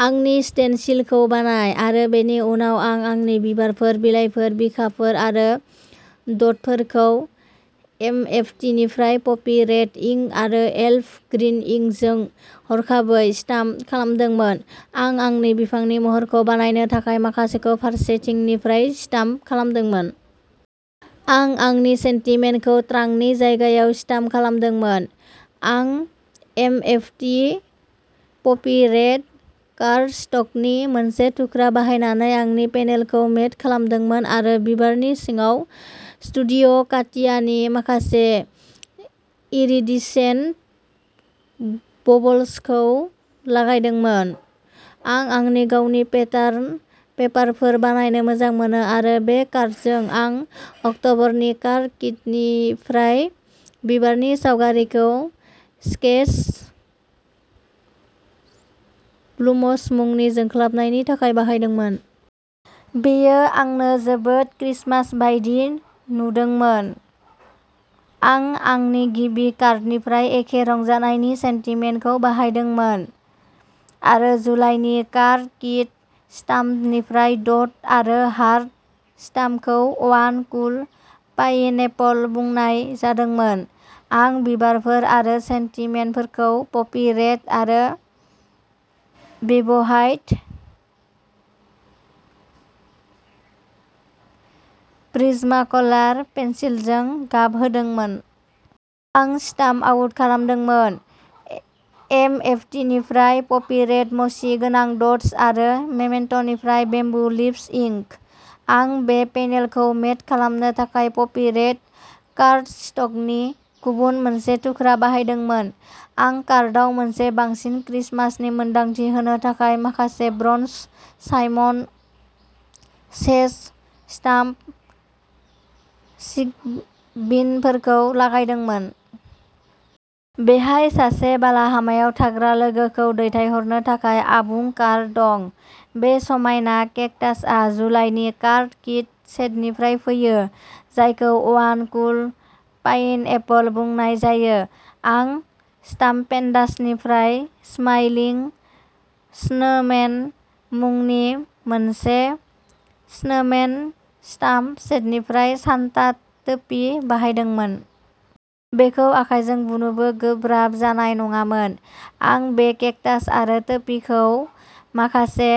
आंनि स्टेनसिलखौ बानाय, आरो बेनि उनाव आं आंनि बिबारफोर, बिलाइफोर, बिखाफोर आरो द'टफोरखौ एमएफटिनिफ्राय पपि रेड इंक आरो एल्फ ग्रीन इंकजों हरखाबै स्टाम्प खालामदोंमोन। आं आंनि बिफांनि महरखौ बानायनो थाखाय माखासेखौ फारसेथिंनिफ्राय स्टाम्प खालामदोंमोन। आं आंनि सेन्टिमेन्टखौ ट्रांकनि जायगायाव स्टाम्प खालामदोंमोन। आं एमएफटि पपि रेड कार्डस्टकनि मोनसे थुख्रा बाहायनानै आंनि पेनेलखौ मेट खालामदोंमोन आरो बिबारनि सिङाव स्टुडिय'काटियानि माखासे इरिडिसेन्ट बबल्सखौ लागायदोंमोन। आं आंनि गावनि पेटार्न पेपारफोर बानायनो मोजां मोनो, आरो बे कार्डजों, आं अक्ट'बरनि कार्ड किटनिफ्राय बिबारनि सावगारिखौ स्केच्ड ब्लुमस मुंनि जोंख्लाबनायनि थाखाय बाहायदोंमोन। बेयो आंनो जोबोद क्रिसमास बायदि नुदोंमोन। आं आंनि गिबि कार्डनिफ्राय एखे रंजानायनि सेन्टिमेन्टखौ बाहायदोंमोन, आरो जुलाइनि कार्ड किट स्टाम्पनिफ्राय डट आरो हार्ट स्टाम्पखौ वान कुल पाइनएपल बुंनाय जादोंमोन। आं बिबारफोर आरो सेन्टिमेन्टफोरखौ पपि रेड आरो व्हाइट प्रिज्माकलार पेन्सिलजों गाब होदोंमोन। आं स्टाम्प आउट खालामदोंमोन। एमएफटिनिफ्राय पपि रेड मसी गोनां द'ट्स आरो मेमेन्ट'निफ्राय बेम्बु लिभ्स इंक। आं बे पेनेलखौ मेट खालामनो थाखाय पपि रेड कार्डस्टकनि गुबुन मोनसे थुख्रा बाहायदोंमोन। आं कार्डआव मोनसे बांसिन क्रिसमासनि मोनदांथि होनो थाखाय माखासे ब्रन्ज साइमन सेस स्टाम्प सिक्विनफोरखौ लागायदोंमोन। बेहाय सासे बालाहामायाव थाग्रा लोगोखौ दैथायहरनो थाखाय आबुं कार्ड दं। बे समायना केक्टासआ जुलाइनि कार्ड किट सेटनिफ्राय फैयो, जायखौ वान कुल पाइनएपल बुंनाय जायो। आं स्टाम्पेनडासनिफ्राय स्माइलिं स्नोमेन मुंनि मोनसे स्नोमेन स्टाम्प सेटनिफ्राय सान्ता टोपी बाहायदोंमोन। बेखौ आखायजों बुनोबो गोब्राब जानाय नङामोन। आं बे केक्टास आरो टोपीखौ माखासे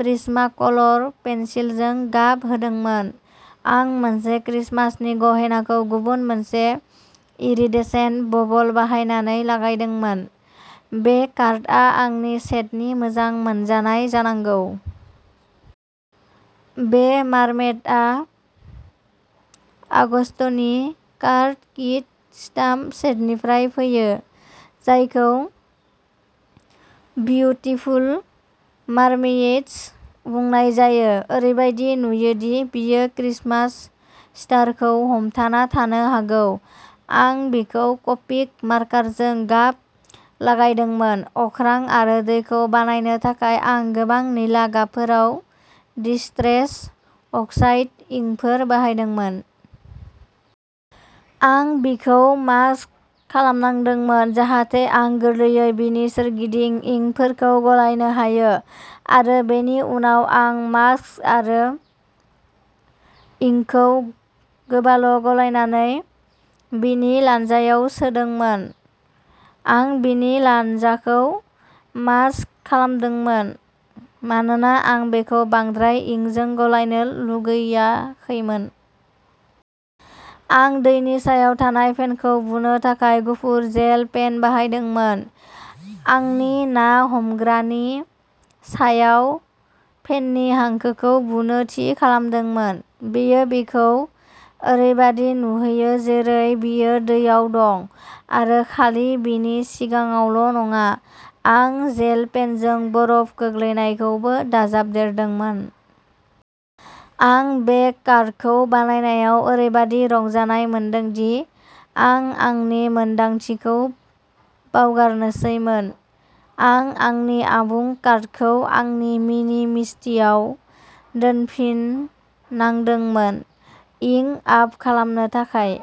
प्रिज्माकलर पेन्सिलजों गाब होदोंमोन। आं मोनसे क्रिसमासनि गहेनाखौ गुबुन मोनसे इरिडेसेन्ट बबल बाहायनानै लागायदोंमोन। बे कार्डआ आंनि सेटनि मोजां मोनजानाय जानांगौ। बे मार्मेडआ आगस्तनि कार्ड किट स्टाम्प सेटनिफ्राय फैयो, जायखौ ब्यूटीफुल मार्मेइड्स बुंनाय जायो। ओरैबादि नुयोदि बियो क्रिसमास स्टारखौ हमथाना थानो हागौ। आं बिखौ क'पिक मार्कारजों गाब लागायदोंमोन। अख्रां आरो दैखौ बानायनो थाखाय, आं गोबां निला गाबफोराव डिस्ट्रेस अक्साइड इंकफोर बाहायदोंमोन। आं बिखौ मास्क खालामनांदोंमोन जाहाथे आं गोरलैयै बिनि सोरगिदिं इंकफोरखौ गलायनो हायो, आरो बेनि उनाव आं मास्क आरो इंकखौ गोबाल'गलायनानै बिनि लानजायाव सोदोंमोन। आं बिनि लानजाखौ मास्क खालामदोंमोन मानोना आं बेखौ बांद्राय इंकजों गलायनो लुगैाखैमोन। आं दैनि सायाव थानाय फेनखौ बुनो थाखाय गुफुर जेल पेन बाहायदोंमोन, आंनि ना हमग्रानि सायाव फेननि हांखोखौ बुनो थि खालामदोंमोन। बेयो बिखौ ओरैबादि नुहोयो जेरै बियो दैयाव दं आरो खालि बिनि सिगाङावल'नङा। आं जेल पेनजों बरफ गोग्लैनायखौबो दाजाबदेरदोंमोन। आं बे कार्डखौ बानायनायाव ओरैबादि रंजानाय मोनदों दि आं आंनि मोनदांथिखौ बावगारनोसैमोन। आं आंनि आबुं कार्डखौ आंनि मिनि मिस्टिआव दोनफिननांदोंमोन इंक आप खालामनो थाखाय।